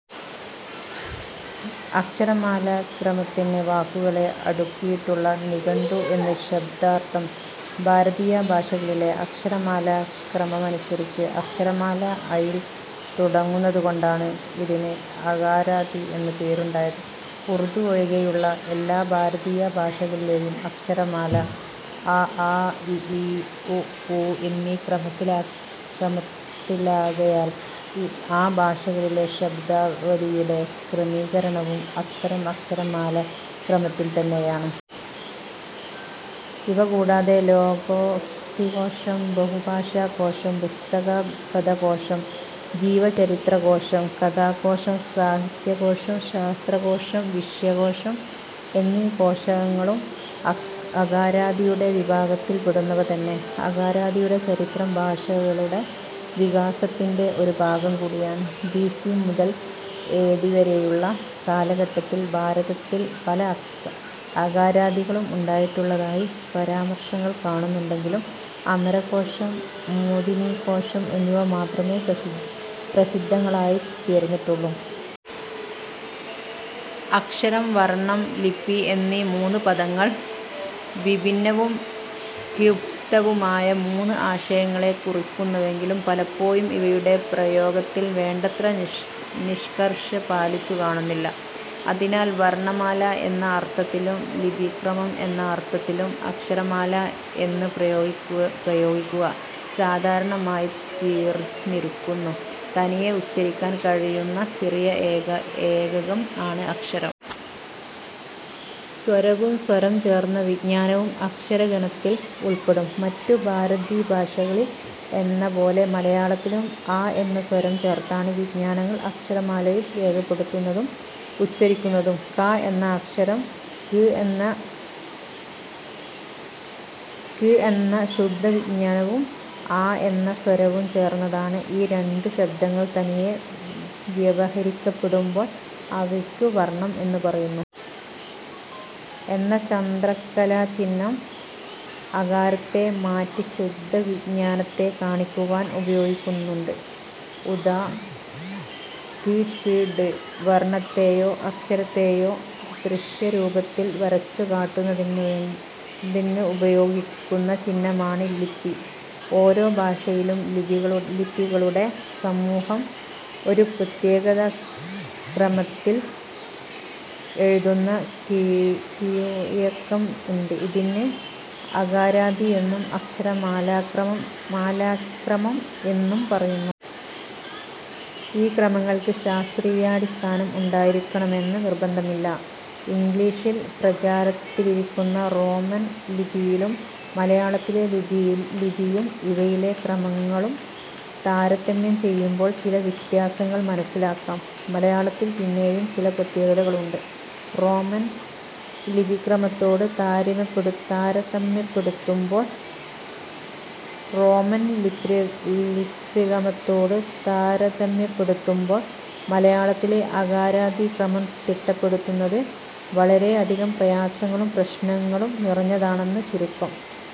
അക്ഷരമാലാക്രമത്തിന് വാക്കുകളെ അടുക്കിയിട്ടുള്ള നിഘണ്ടു എന്ന് ശബ്ദാർഥം. ഭാരതീയ ഭാഷകളിലെ അക്ഷരമാലാക്രമമനുസരിച്ച് അക്ഷരമാല 'അ'യിൽ തുടങ്ങുന്നതുകൊണ്ടാണ് ഇതിന് അകാരാദി എന്നു പേരുണ്ടായത്. ഉർദു ഒഴികെയുള്ള എല്ലാ ഭാരതീയ ഭാഷകളിലെയും അക്ഷരമാല അ, ആ, ഇ, ഈ, ഉ, ഊ എന്നീ ക്രമത്തിലാകയാൽ ആ ഭാഷകളിലെ ശബ്ദാവലിയുടെ ക്രമീകരണവും അത്തരം അക്ഷരമാലാക്രമത്തിൽ തന്നെയാണ്. ഇവ കൂടാതെ ലോകോക്തികോശം, ബഹുഭാഷാകോശം, പുസ്തകപദകോശം, ജീവചരിത്രകോശം, കഥാകോശം, സാഹിത്യകോശം, ശാസ്ത്രകോശം, വിശ്വകോശം എന്നീ കോശങ്ങളും 'അകാരാദി'യുടെ വിഭാഗത്തിൽ പെടുന്നവ തന്നെ. അകാരാദിയുടെ ചരിത്രം ഭാഷകളുടെ വികാസത്തിന്റെ ഒരു ഭാഗംകൂടിയാണ്. ബി. സി. മുതൽ എ. ഡി. വരെയുള്ള കാലഘട്ടത്തിൽ ഭാരതത്തിൽ പല അകാരാദികളും ഉണ്ടായിട്ടുള്ളതായി പരാമർശങ്ങൾ കാണുന്നുണ്ടെങ്കിലും അമരകോശം, മേദിനീകോശം എന്നിവ മാത്രമേ പ്രസിദ്ധങ്ങളായിത്തീർന്നിട്ടുള്ളു. അക്ഷരം, വർണം, ലിപി എന്നീ മൂന്നു പദങ്ങൾ വിഭിന്നവും ക്പ്തവുമായ മൂന്ന് ആശയങ്ങളെ കുറിക്കുന്നുവെങ്കിലും പലപ്പോഴും ഇവയുടെ പ്രയോഗത്തിൽ വേണ്ടത്ര നിഷ്കർഷ പാലിച്ചുകാണുന്നില്ല. അതിനാൽ 'വർണമാല' എന്ന അർത്ഥത്തിലും 'ലിപിക്രമം' എന്ന അർത്ഥത്തിലും 'അക്ഷരമാല' എന്ന് പ്രയോഗിക്കുക സാധാരണമായിത്തീർന്നിരിക്കുന്നു. തനിയെ ഉച്ചരിക്കാൻ കഴിയുന്ന ചെറിയ ഏകകം ആണ് അക്ഷരം. സ്വരവും സ്വരം ചേർന്ന വ്യഞ്ജനവും അക്ഷരഗണത്തിൽ ഉൾപ്പെടും. മറ്റു ഭാരതീയഭാഷകളിൽ എന്നപോലെ മലയാളത്തിലും 'അ' എന്ന സ്വരം ചേർത്താണ് വ്യഞ്ജനങ്ങൾ അക്ഷരമാലയിൽ രേഖപ്പെടുത്തുന്നതും ഉച്ചരിക്കുന്നതും. 'ക' എന്ന അക്ഷരം 'ക്' എന്ന ശുദ്ധവ്യഞ്ജനവും 'അ' എന്ന സ്വരവും ചേർന്നതാണ്. ഈ രണ്ടു ശബ്ദങ്ങൾ തനിയെ വ്യവഹരിക്കപ്പെടുമ്പോൾ അവയ്ക്കു വർണം എന്നു പറയുന്നു. '്' എന്ന ചന്ദ്രക്കലാചിഹ്നം അകാരത്തെ മാറ്റി ശുദ്ധവ്യഞ്ജനത്തെ കാണിക്കുവാൻ ഉപയോഗിക്കുന്നു. ഉദാ. ക്, ച്, ട്. വർണത്തെയോ അക്ഷരത്തെയോ ദൃശ്യരൂപത്തിൽ വരച്ചുകാട്ടുന്നതിനുപയോഗിക്കുന്ന ചിഹ്നമാണ് ലിപി. ഓരോ ഭാഷയിലും ലിപികളുടെ സമൂഹം ഒരു പ്രത്യേകക്രമത്തിൽ എഴുതുന്ന കീഴ്വഴക്കം ഉണ്ട്. ഇതിന് അകാരാദി എന്നും അക്ഷരമാലാക്രമം എന്നും പറയുന്നു. ഈ ക്രമങ്ങൾക്ക് ശാസ്ത്രീയാടിസ്ഥാനം ഉണ്ടായിരിക്കണമെന്ന് നിർബന്ധമില്ല. ഇംഗ്ളീഷിൽ പ്രചാരത്തിലിരിക്കുന്ന റോമൻ ലിപിയും മലയാളത്തിലെ ലിപിയും ഇവയിലെ ക്രമങ്ങളും താരതമ്യം ചെയ്യുമ്പോൾ ചില വ്യത്യാസങ്ങൾ മനസ്സിലാക്കാം. മലയാളത്തിൽ പിന്നെയും ചില പ്രത്യേകതകളുണ്ട്: റോമൻ ലിപിക്രമത്തോട് താരതമ്യപ്പെടുത്തുമ്പോൾ മലയാളത്തിലെ അകാരാദി ക്രമം തിട്ടപ്പെടുത്തുന്നത് വളരെയധികം പ്രയാസങ്ങളും പ്രശ്നങ്ങളും നിറഞ്ഞതാണെന്ന് ചുരുക്കം.